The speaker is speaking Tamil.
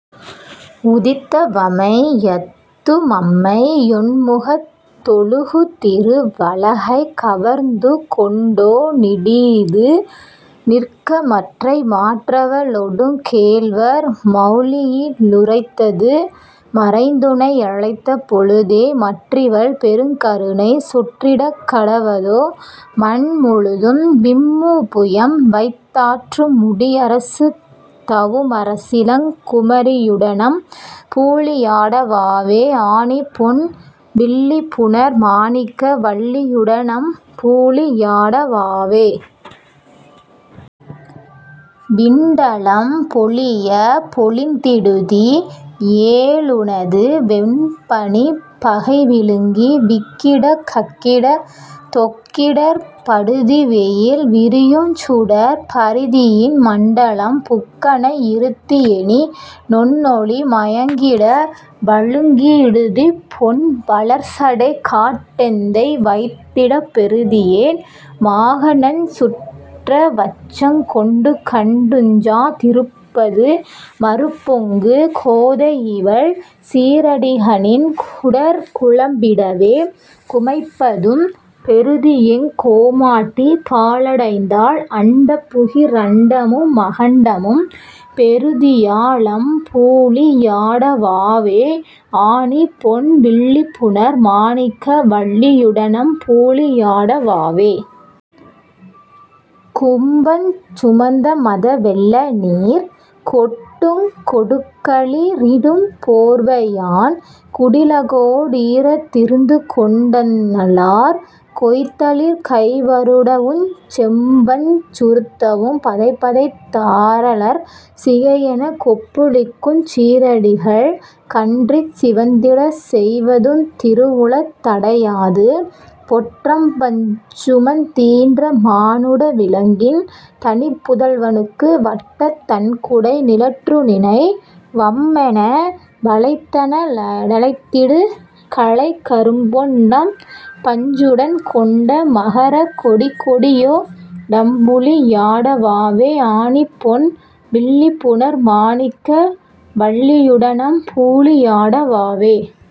வுதித்தவமை யத்துமம்மை யொண்முகத் தொழுகுதிரு வழகைக் கவர்ந்துகொண் டோ டினது நிற்கமற்றை மாற்றவ ளொடுங் கேள்வர் மௌலியி லுறைந்தது மறைந்துனை யழைத்த பொழுதே மற்றிவள் பெருங்கருணை சொற்றிடக் கடவதோ மண்முழுதும் விம்முபுயம் வைத் தாற்றுமுடி யரசுதவு மரசிளங் குமரியுட னம்புலீ யாடவாவே ஆணிப்பொன் வில்லிபுணர் மாணிக்க வல்லியுட னம்புலீ யாடவாவே. விண்டலம் பொலியப் பொலிந்திடுதி யேலுனது வெம்பணிப் பகை விழுங்கி விக்கிடக் கக்கிடத் தொக்கிடர்ப் படுதிவெயில் விரியுஞ் சுடர்ப் பரிதியின் மண்டலம் புக்கனை யிருத்தியெனி னொன்ளொளி மயங்கிட வழுங்கிடுதிபொன் வளர்சடைக் காட்டெந்தை வைத்திடப் பெறுதியேன் மாகணஞ் சுற்றவச்சங் கொண்டுகண் டுஞ்சா திருப்பது மருப்பொங்கு கோதையிவள் சீறடிகணின் குடர் குழம்பிடவே குமைப்பதும் பெறுதியெங் கோமாட்டி பாலடைந்தால் அண்டபுகி ரண்டமு மகண்டமும் பெறுதியா லம்புலீ யாடவாவே ஆணிப்பொன் வில்லிபுணர் மாணிக்க வல்லியுட னம்புலீ யாடவாவே. கும்பஞ் சுமந்தமத வெள்ளநீர் கொட்டுங் கொடுங்களி றிடும்போர்வையான் குடிலகோ டீரத் திருந்துகொண் டந்நலார் கொய்தளிர்க் கைவருடவுஞ் செம்பஞ் சுறுத்தவும் பதைபதைத் தாரழற் சிகையெனக் கொப்புளிக்குஞ் சீறடிகள் கன்றிச் சிவந்திட செய்வதுந் திருவுளத் தடையாது பொற் றம்பஞ் சுமந்தீன்ற மானுட விலங்கின் தனிப்புதல்வனுக்கு வட்டத் தண்குடை நிழற்றுநினை வம்மென வழைத்தன டழைத்திடு கழைக் கரும்பொன் றம்பஞ் சுடன்கொண்ட மகரக் கொடிக்கொடியொ டம்புலீ யாடவாவே ஆணிப்பொன் வில்லிபுணர் மாணிக்க வல்லியுட னம்புலீ யாடவாவே.